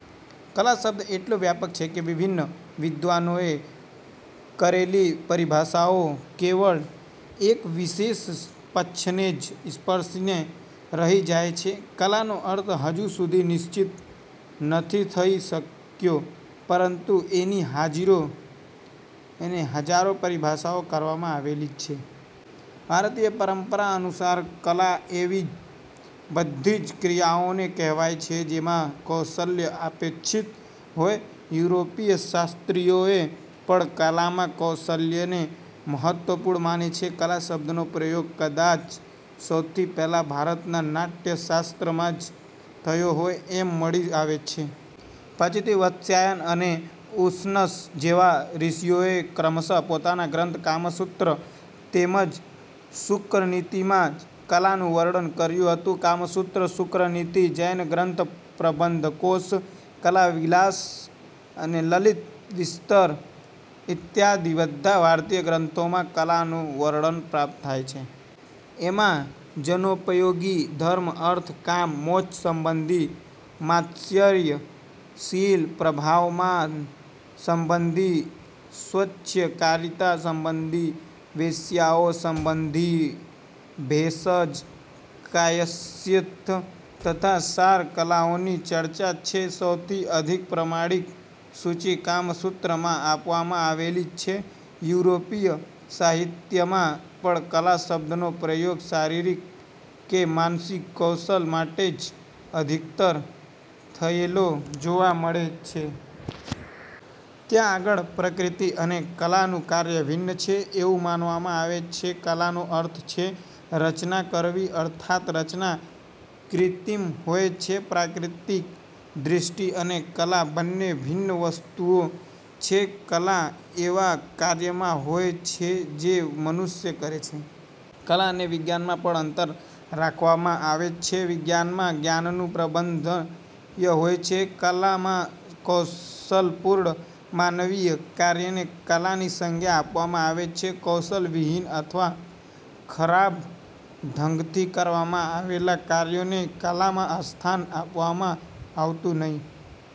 કલા શબ્દ એટલો વ્યાપક છે કે વિભિન્ન વિદ્વાનોએ કરેલી પરિભાષાઓ કેવળ એક વિશેષ પક્ષને જ સ્પર્શીને રહી જાય છે. કલાનો અર્થ હજુ સુધી નિશ્ચિત નથી થઇ શક્યો, પરંતુ એની હજારો પરિભાષાઓ કરવામાં આવેલી છે. ભારતીય પરંપરા અનુસાર કલા એવી બધી જ ક્રિયાઓને કહેવાય છે, જેમાં કૌશલ્ય અપેક્ષિત હોય. યુરોપીય શાસ્ત્રીઓએ પણ કલામાં કૌશલ્યને મહત્વપૂર્ણ માને છે. કલા શબ્દનો પ્રયોગ કદાચ સૌથી પહેલાં ભરતના " નાટ્યશાસ્ત્ર "માં જ થયો હોય એમ મળી આવે છે. પછીથી વાત્સ્યાયન અને ઉશનસ જેવા ઋષિઓએ ક્રમશ: પોતાના ગ્રંથ " કામસૂત્ર " તેમ જ "શુક્રનીતિ"માં કલાનું વર્ણન કર્યું હતું. "કામસૂત્ર", "શુક્રનીતિ", જૈન ગ્રંથ "પ્રબંધકોશ", "કલાવિલાસ", "લલિતવિસ્તર" ઇત્યાદિ બધા ભારતીય ગ્રંથોમાં કલાનું વર્ણન પ્રાપ્ત થાય છે. એમાં જનોપયોગી, ધર્મ, અર્થ, કામ, મોક્ષ, સંબંધી, માત્સર્ય-શીલ-પ્રભાવમાન સંબંધી, સ્વચ્છકારિતા સંબંધી, વેશ્યાઓ સંબંધી, ભેષજ, કાયસ્થ તથા સાર કલાઓની ચર્ચા છે. સૌથી અધિક પ્રમાણિક સૂચી "કામસૂત્ર"માં આપવામાં આવેલી છે. યુરોપીય સાહિત્યમાં પણ કલા શબ્દનો પ્રયોગ શારીરિક કે માનસિક કૌશલ માટે જ અધિકતર થયેલો જોવા મળે છે. ત્યાં આગળ પ્રકૃતિ અને કલાનું કાર્ય ભિન્ન છે એવું માનવામાં આવે છે. કલાનો અર્થ છે રચના કરવી અર્થાત્ રચના કૃત્રિમ હોય છે. પ્રાકૃતિક સૃષ્ટિ અને કલા બન્ને ભિન્ન વસ્તુઓ છે. કલા એવા કાર્યમાં હોય જે મનુષ્ય કરે છે. કલા અને વિજ્ઞાનમાં પણ અંતર રાખવામાં આવે છે. વિજ્ઞાનમાં જ્ઞાનનું પ્રાધાન્ય હોય છે, કલામાં કૌશલપૂર્ણ માનવીય કાર્યને કલાની સંજ્ઞા આપવામાં આવે છે. કૌશલવિહીન અથવા ખરાબ ઢંગથી કરવામાં આવેલા કાર્યોને કલામાં સ્થાન આપવામાં આવતું નથી.